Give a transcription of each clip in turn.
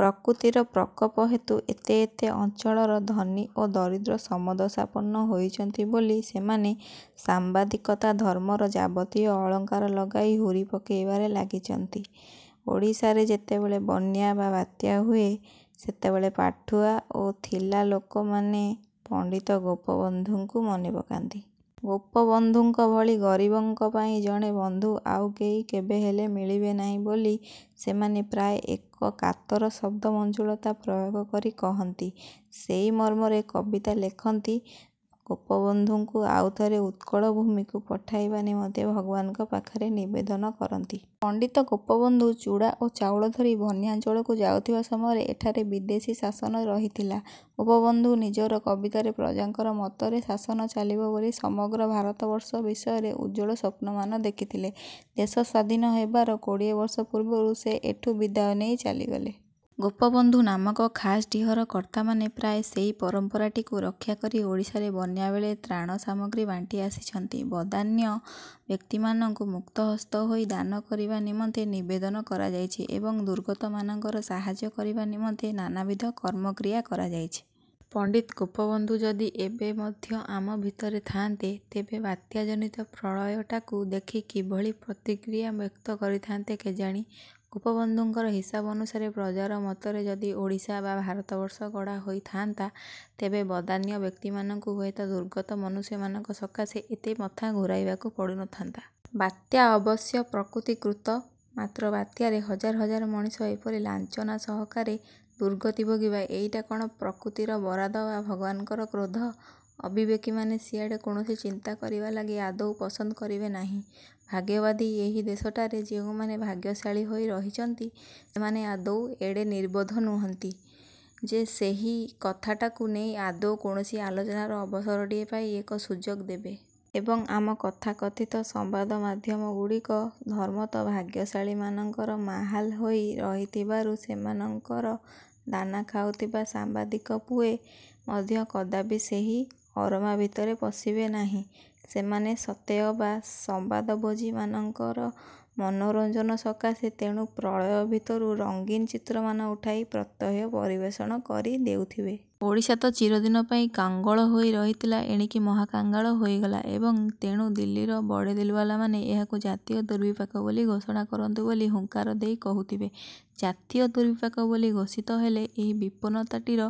ପ୍ରକୃତିର ପ୍ରକୋପ ହେତୁ ଏତେ ଏତେ ଅଞ୍ଚଳର ଧନୀ ଓ ଦରିଦ୍ର ସମଦଶାପନ୍ନ ହୋଇଛନ୍ତି ବୋଲି ସେମାନେ ସାମ୍ବାଦିକତା-ଧର୍ମର ଯାବତୀୟ ଅଳଙ୍କାର ଲଗାଇ ହୁରି ପକାଇବାରେ ଲାଗିଛନ୍ତି। ଓଡ଼ିଶାରେ ଯେତେବେଳେ ବନ୍ୟା ବା ବାତ୍ୟା ହୁଏ, ସେତେବେଳେ ପାଠୁଆ ଓ ଥିଲା ଲୋକମାନେ ପଣ୍ଡିତ ଗୋପବନ୍ଧୁଙ୍କୁ ମନେପକାନ୍ତି। ଗୋପବନ୍ଧୁଙ୍କ ଭଳି ଗରିବଙ୍କ ପାଇଁ ଜଣେ ବନ୍ଧୁ ଆଉ କେହି କେବେହେଲେ ମିଳିବେ ନାହିଁ ବୋଲି ସେମାନେ ପ୍ରାୟ ଏକ କାତର ଶବ୍ଦମଞ୍ଜୁଳତା ପ୍ରୟୋଗ କରି କହନ୍ତି। ସେହି ମର୍ମରେ କବିତା ଲେଖନ୍ତି। ଗୋପବନ୍ଧୁଙ୍କୁ ଆଉଥରେ ଉତ୍କଳ ଭୂମିକୁ ପଠାଇବା ନିମନ୍ତେ ଭଗବାନଙ୍କ ପାଖରେ ନିବେଦନ କରନ୍ତି। ପଣ୍ଡିତ ଗୋପବନ୍ଧୁ ଚୂଡ଼ା ଓ ଚାଉଳ ଧରି ବନ୍ୟାଞ୍ଚଳକୁ ଯାଉଥିବା ସମୟରେ ଏଠାରେ ବିଦେଶୀ ଶାସନ ରହିଥିଲା। ଗୋପବନ୍ଧୁ ନିଜର କବିତାରେ ପ୍ରଜାଙ୍କର ମତରେ ଶାସନ ଚାଲିବ ବୋଲି ସମଗ୍ର ଭାରତବର୍ଷ ବିଷୟରେ ଉଜ୍ଜ୍ୱଳ ସ୍ଵପ୍ନମାନ ଦେଖିଥିଲେ। ଦେଶ ସ୍ଵାଧୀନ ହେବାର କୋଡ଼ିଏ ବର୍ଷ ପୂର୍ବରୁ ସେ ଏଠୁ ବିଦାୟ ନେଇ ଚାଲିଗଲେ। ଗୋପବନ୍ଧୁ ନାମକ ଖାସ୍ ଡ଼ିହର କର୍ତ୍ତାମାନେ ପ୍ରାୟ ସେହି ପରମ୍ପରାଟିକୁ ରକ୍ଷାକରି ଓଡ଼ିଶାରେ ବନ୍ୟା ବେଳେ ତ୍ରାଣ ସାମଗ୍ରୀ ବାଣ୍ଟି ଆସିଛନ୍ତି। ବଦାନ୍ୟ ବ୍ୟକ୍ତିମାନଙ୍କୁ ମୁକ୍ତହସ୍ତ ହୋଇ ଦାନ କରିବା ନିମନ୍ତେ ନିବେଦନ କରାଯାଇଛି ଏବଂ ଦୁର୍ଗତମାନଙ୍କର ସାହାଯ୍ୟ କରିବା ନିମନ୍ତେ ନାନାବିଧ କର୍ମକ୍ରିୟା କରାଯାଇଛି। ପଣ୍ଡିତ ଗୋପବନ୍ଧୁ ଯଦି ଏବେ ମଧ୍ୟ ଆମ ଭିତରେ ଥାଆନ୍ତେ, ତେବେ ବାତ୍ୟାଜନିତ ପ୍ରଳୟଟାକୁ ଦେଖି କିଭଳି ପ୍ରତିକ୍ରିୟା ବ୍ୟକ୍ତ କରିଥାଆନ୍ତେ କେଜାଣି? ଗୋପବନ୍ଧୁଙ୍କର ହିସାବ ଅନୁସାରେ, ପ୍ରଜାର ମତରେ ଯଦି ଓଡ଼ିଶା ବା ଭାରତବର୍ଷ ଗଢ଼ା ହୋଇଥାନ୍ତା, ତେବେ ବଦାନ୍ୟ ବ୍ୟକ୍ତିମାନଙ୍କୁ ହୁଏତ ଦୁର୍ଗତ ମନୁଷ୍ୟମାନଙ୍କ ସକାଶେ ଏତେ ମଥା ଘୁରାଇବାକୁ ପଡୁନଥାନ୍ତା। ବାତ୍ୟା ଅବଶ୍ୟ ପ୍ରକୃତିକୃତ। ମାତ୍ର ବାତ୍ୟାରେ ହଜାର ହଜାର ମଣିଷ ଏପରି ଲାଞ୍ଛନା ସହକାରେ ଦୁର୍ଗତି ଭୋଗିବା, ଏଇଟା କ'ଣ ପ୍ରକୃତିର ବରାଦ ବା ଭଗବାନଙ୍କର କ୍ରୋଧ? ଅବିବେକୀମାନେ ସିଆଡ଼େ କୌଣସି ଚିନ୍ତା କରିବା ଲାଗି ଆଦୌ ପସନ୍ଦ କରିବେ ନାହିଁ। ଭାଗ୍ୟବାଦୀ ଏହି ଦେଶଟାରେ ଯେଉଁମାନେ ଭାଗ୍ୟଶାଳୀ ହୋଇ ରହିଛନ୍ତି, ସେମାନେ ଆଦୌ ଏଡ଼େ ନିର୍ବୋଧ ନୁହନ୍ତି ଯେ ସେହି କଥାଟାକୁ ନେଇ ଆଦୌ କୌଣସି ଆଲୋଚନାର ଅବସରଟିଏ ପାଇଁ ଏକ ସୁଯୋଗ ଦେବେ। ଏବଂ, ଆମ ତଥାକଥିତ ସମ୍ବାଦମାଧ୍ୟମ ଗୁଡ଼ିକ ଧର୍ମତଃ ଭାଗ୍ୟଶାଳୀମାନଙ୍କର ମାହାଲ ହୋଇ ରହିଥିବାରୁ ସେମାନଙ୍କର ଦାନା ଖାଉଥିବା ସାମ୍ବାଦିକ ପୁଏ ମଧ୍ୟ କଦାପି ସେହି ଅରମା ଭିତରେ ପଶିବେ ନାହିଁ। ସେମାନେ ସତେଅବା ସମ୍ବାଦଭୋଜୀ ମାନଙ୍କର ମନୋରଞ୍ଜନ ସକାଶେ ତେଣୁ ପ୍ରଳୟ ଭିତରୁ ରଙ୍ଗୀନ ଚିତ୍ରମାନ ଉଠାଇ ପ୍ରତ୍ୟହ ପରିବେଷଣ କରି ଦେଉଥିବେ। ଓଡ଼ିଶା ତ ଚିରଦିନ ପାଇଁ କାଙ୍ଗଳ ହୋଇ ରହିଥିଲା, ଏଣିକି ମହାକାଙ୍ଗାଳ ହୋଇଗଲା ଏବଂ ତେଣୁ ଦିଲ୍ଲୀର ବଡ଼େ ଦିଲ୍ବାଲାମାନେ ଏହାକୁ ଜାତୀୟ ଦୁର୍ବିପାକ ବୋଲି ଘୋଷଣା କରନ୍ତୁ ବୋଲି ହୁଙ୍କାର ଦେଇ କହୁଥିବେ। ଜାତୀୟ ଦୁର୍ବିପାକ ବୋଲି ଘୋଷିତ ହେଲେ ଏହି ବିପନ୍ନତାଟିର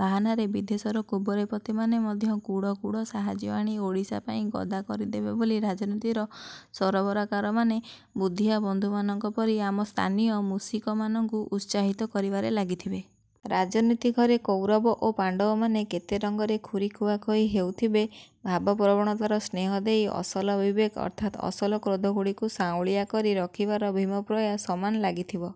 ବାହାନାରେ ବିଦେଶର କୁବେରପତିମାନେ ମଧ୍ୟ କୁଢ଼ କୁଢ଼ ସାହାଯ୍ୟ ଆଣି ଓଡ଼ିଶା ପାଇଁ ଗଦା କରିଦେବେ ବୋଲି ରାଜନୀତିର ସରବରାକାରମାନେ ବୁଦ୍ଧିଆ ବନ୍ଧୁମାନଙ୍କ ପରି ଆମ ସ୍ଥାନୀୟ ମୂଷିକମାନଙ୍କୁ ଉତ୍ସାହିତ କରିବାରେ ଲାଗିଥିବେ। ରାଜନୀତି ଘରେ କୌରବ ଓ ପାଣ୍ଡବମାନେ କେତେ ରଙ୍ଗରେ ଖୁରି ଖୁଆଖୋଇ ହେଉଥିବେ। ଭାବପ୍ରବଣତାର ସ୍ନେହ ଦେଇ ଅସଲ ବିବେକ ଅର୍ଥାତ୍ ଅସଲ କ୍ରୋଧଗୁଡ଼ିକୁ ସାଉଁଳିଆ କରି ରଖିବାର ଭୀମପ୍ରୟା ସମାନ ଲାଗିଥିବ।